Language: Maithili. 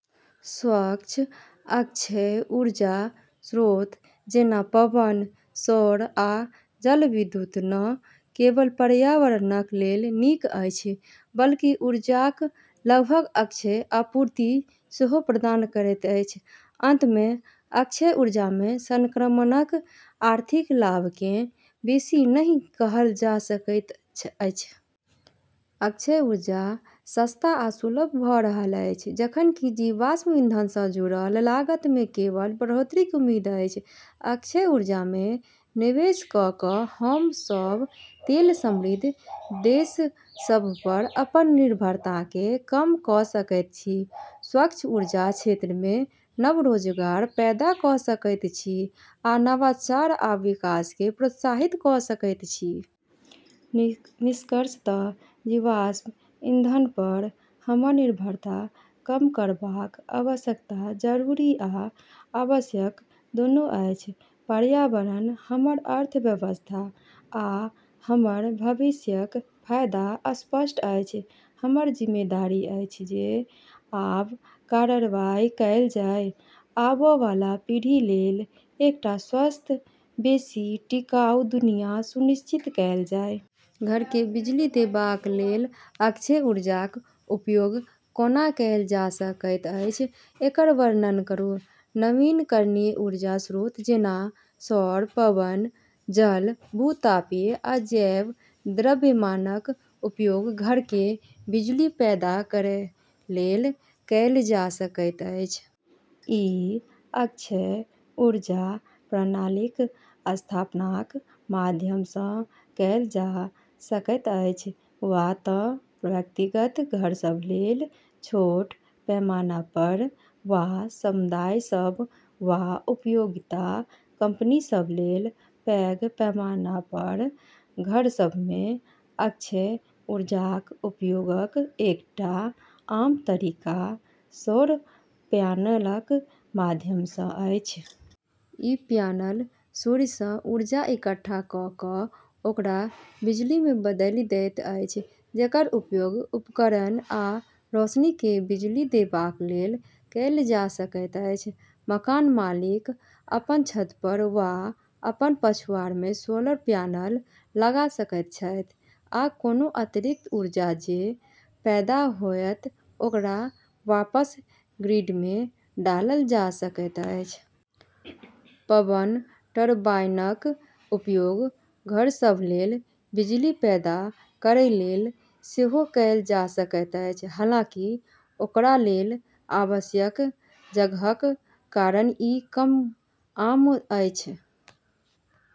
स्वच्छ, अक्षय ऊर्जा स्रोत जेना पवन, सौर, आ जलविद्युत न केवल पर्यावरणक लेल नीक अछि, बल्कि ऊर्जाक लगभग अक्षय आपूर्ति सेहो प्रदान करैत अछि। अन्तमे, अक्षय ऊर्जामे सङ्क्रमणक आर्थिक लाभकेँ बेसी नहि कहल जा सकैत अछि। अक्षय ऊर्जा सस्ता आ सुलभ भऽ रहल अछि, जखन कि जीवाश्म ईन्धनसँ जुड़ल लागतमे केवल बढ़ोतरीक उम्मीद अछि। अक्षय ऊर्जामे निवेश कऽ कऽ हम सभ तेल समृद्ध देशसभपर अपन निर्भरताकेँ कम कऽ सकैत छी, स्वच्छ ऊर्जा क्षेत्रमे नव रोजगार पैदा कऽ सकैत छी, आ नवाचार आ विकासकेँ प्रोत्साहित कऽ सकैत छी। निष्कर्षतः जीवाश्म ईन्धनपर हमर निर्भरता कम करबाक आवश्यकता जरूरी आ आवश्यक दूनू अछि। पर्यावरण, हमर अर्थव्यवस्था, आ हमर भविष्यक फायदा स्पष्ट अछि। हमर जिम्मेदारी अछि जे आब कार्रवाई कएल जाय, आबै वाला पीढ़ीलेल एकटा स्वस्थ, बेसी टिकाऊ दुनिया सुनिश्चित कएल जाय। घरकेँ बिजुली देबाक लेल अक्षय ऊर्जाक उपयोग कोना कएल जा सकैत अछि, एकर वर्णन करू। नवीकरणीय ऊर्जा स्रोत जेना सौर, पवन, जल, भू-तापीय, आ जैव द्रव्यमानक उपयोग घरकेँ बिजुली पैदा करैलेल कएल जा सकैत अछि। ई अक्षय ऊर्जा प्रणालीक स्थापनाक माध्यमसँ कएल जा सकैत अछि, वा तँ व्यक्तिगत घरसभलेल छोट पैमानापर वा समुदायसभ वा उपयोगिता कम्पनीसभलेल पैघ पैमानापर। घरसभमे अक्षय ऊर्जाक उपयोगक एकटा आम तरीका सौर प्यानलक माध्यमसँ अछि। ई प्यानल सूर्यसँ ऊर्जा इकट्ठा कऽ कऽ ओकरा बिजुलीमे बदलि दैत अछि जेकर उपयोग उपकरण आ रोशनीकेँ बिजुली देबाक लेल कएल जा सकैत अछि। मकान मालिक अपन छतपर वा अपन पछुआड़मे सोलर प्यानल लगा सकैत छथि, आ कोनो अतिरिक्त ऊर्जा जे पैदा होयत ओकरा वापस ग्रिडमे डालल जा सकैत अछि। पवन टरबाइनक उपयोग घरसभलेल बिजुली पैदा करैलेल सेहो कएल जा सकैत अछि, हालांकि ओकरालेल आवश्यक जगहक कारण ई कम आम अछि।